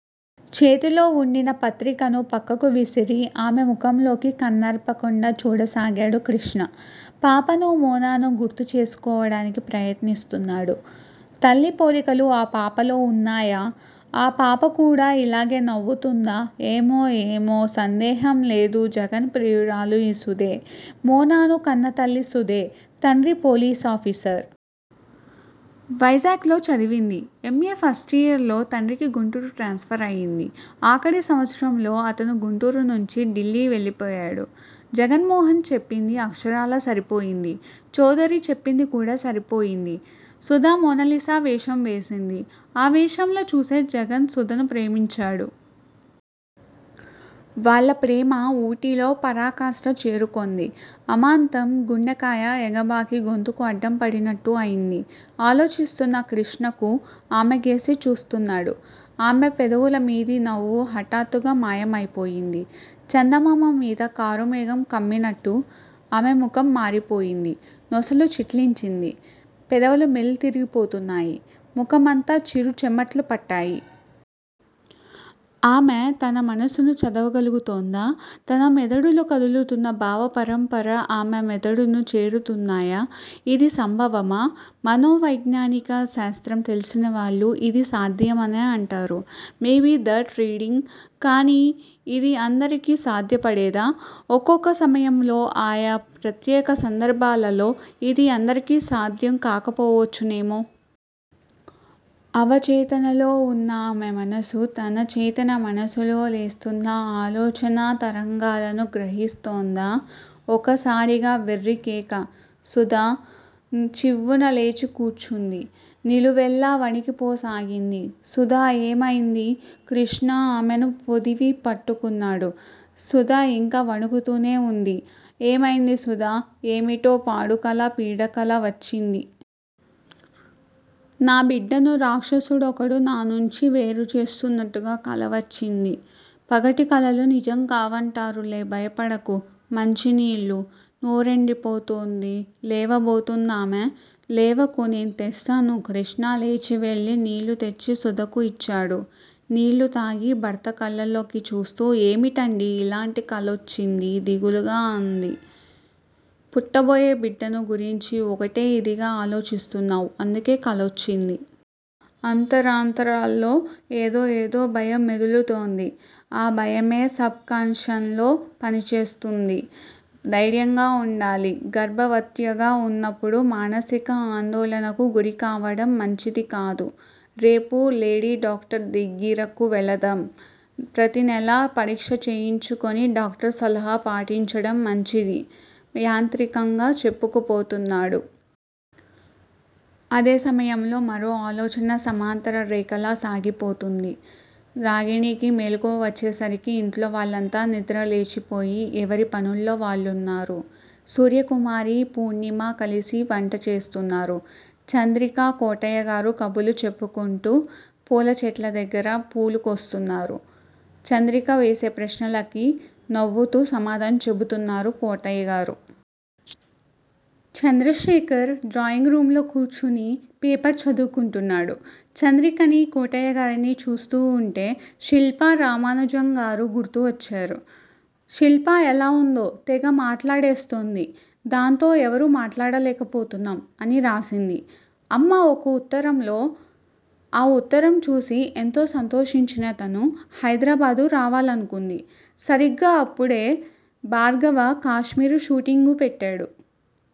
చేతిలో వుండిన పత్రికను పక్కకు విసిరి ఆమె ముఖంలోకి కన్నార్పకుండా చూడసాగాడు కృష్ణ. పాపను__మోనాను గుర్తుచేసుకోవడానికి ప్రయత్నిస్తున్నాడు. తల్లి పోలికలు ఆ పాపలో ఉన్నాయా? ఆ పాపకూడా ఇలాగే నవ్వుతుందా! ఏమో? ఏమో? సందేహంలేదు, జగన్ ప్రియురాలు ఈ సుధే! మోనాను కన్నతల్లి సుధే! తండ్రి పోలీసాఫీసర్. వైజాగ్ లో చదివింది. M, A. ఫస్టియర్ లో తండ్రికి గుంటూరు ట్రాన్స్ఫరు అయింది. ఆఖరి సంవత్సరంలో అతను గుంటూరునుంచి ఢిల్లీ వెళ్ళిపోయాడు. జగన్మోహన్ చెప్పింది అక్షరాల సరిపోయింది. చౌదరి చెప్పిందికూడా సరిపోయింది. సుధ మోనాలిసా వేషం వేసింది. ఆ వేషంలో చూసే జగన్ సుధను ప్రేమించాడు. వాళ్ళ ప్రేమ ఊటీలో పరాకాష్ట చేరుకొంది__ అమాంతం గుండెకాయ ఎగబాకి గొంతుకు అడ్డంపడినట్టు ఐంది ఆలోచిస్తున్న కృష్ణకు. ఆమెకేసి చూస్తున్నాడు. ఆమె పెదవులమీది నవ్వు హఠాత్తుగా మాయం అయిపోయింది. చందమామమీద కారుమేఘం కమ్మినట్టు ఆమె ముఖం మారిపోయింది. నొసలు చిట్లించింది. పెదవులు మెలితిరిగిపోతున్నాయి. ముఖమంతా చిరు చెమట్లు పట్టాయి. ఆమె తన మనసును చదవగలుగుతోందా? తన మెదడులో కదులుతున్న భావపరంపర ఆమె మెదడును చేరుతున్నాయా? ఇది సంభవమా? మనోవైజ్ఞానిక శాస్త్రం తెలిసినవాళ్ళు ఇది సాధ్యమనే అంటారు. Maybe thought reading? కాని ఇది అందరికీ సాధ్యపడేదా? ఒక్కొక్క సమయంలో, ఆయా ప్రత్యేక సందర్బాలలో ఇది అందరికీ సాధ్యం కాకపోవచ్చునేమో! అవచేతనలో ఉన్న ఆమె మనసు, తన చేతన మనసులో లేస్తున్న ఆలోచనా తరంగాలను గ్రహిస్తోందా? ఒకసారిగా వెర్రికేక! సుధ చివ్వున లేచి కూర్చుంది. నిలువెల్లా వణికిపోసాగింది. సుధా! ఏమైంది? కృష్ణ ఆమెను పొదివిపట్టుకున్నాడు. సుధ ఇంకా వణుకుతూనే ఉంది. ఏమైంది సుధా? ఏమిటో పాడుకల పీడకల వచ్చింది. నా బిడ్డను రాక్షసుడొకడు నానుంచి వేరుచేస్తున్నట్టుగా కలవచ్చింది? పగటి కలలు నిజంకావంటారులే. భయపడకు. మంచినీళ్ళు! నోరెండిపోతోంది లేవబోయిందామె. లేవకు నేను తెస్తాను కృష్ణ లేచివెళ్ళి నీళ్ళు తెచ్చి సుధకు ఇచ్చాడు. నీళ్ళుతాగి భర్త కళ్ళల్లోకి చూస్తూ ఏమిటండీ ఇలాంటి కలొచ్చిందీ దిగులుగా అంది. పుట్టబోయే బిడ్డను గురించి ఒకటే ఇదిగా ఆలోచిస్తున్నావ్ అందుకే కలొచ్చింది. అంతరాంతరాల్లో ఏదో ఏదో భయం మెదులుతోంది. ఆ భయమే సబ్ కాన్ షస్ లో పనిచేస్తూంది. ధైర్యంగా వుండాలి. గర్భవత్య్గా ఉన్నప్పుడు మానసిక ఆందోళనకు గురికావడం మంచిదికాదు. రేపు లేడీ డాక్టర్ దగ్గిరకు వెళదాం. ప్రతినెలా పరీక్ష చేయించుకొని డాక్టర్ సలహా పాటించడం మంచిది యాంత్రికంగా చెప్పుకుపోతున్నాడు. అదే సమయంలో మరో ఆలోచన సమాంతర రేఖలా సాగిపోతూంది. రాగిణికి మెలుకువ వచ్చేసరికి ఇంట్లో వాళ్ళంతా నిద్దర లేచిపోయి, ఎవరి పనుల్లో వాళ్ళున్నారు. సూర్యకుమారీ పూర్ణిమా కలిసి వంట చేస్తున్నారు. చంద్రికా, కోటయ్యగారు కబుర్లు చెప్పుకుంటూ, పూలచెట్ల దగ్గర పూలుకోస్తున్నారు. చంద్రిక వేసే ప్రశ్నలకి నవ్వుతూ సమాధానం చెబుతున్నారు కోటయ్యగారు. చంద్రశేఖర్ డ్రాయింగ్ రూంలో కూర్చుని పేపరు చదువుకుంటున్నాడు. చంద్రికనీ, కోటయ్యగారినీ చూస్తూవుంటే శిల్పా, రామానుజంగారూ గుర్తువచ్చారు. శిల్ప ఎలావుందో? 'తెగ మాట్లాడేస్తోంది, దాంతో ఎవరూ మాట్లాడలేకపోతున్నాం' అని రాసింది అమ్మ ఒక ఉత్తరంలో. ఆ ఉత్తరంచూసి ఎంతో సంతోషించిన తను హైదరాబాదు రావాలనుకుంది. సరిగ్గా అప్పుడే భార్గవ కాశ్మీరు షూటింగు పెట్టాడు.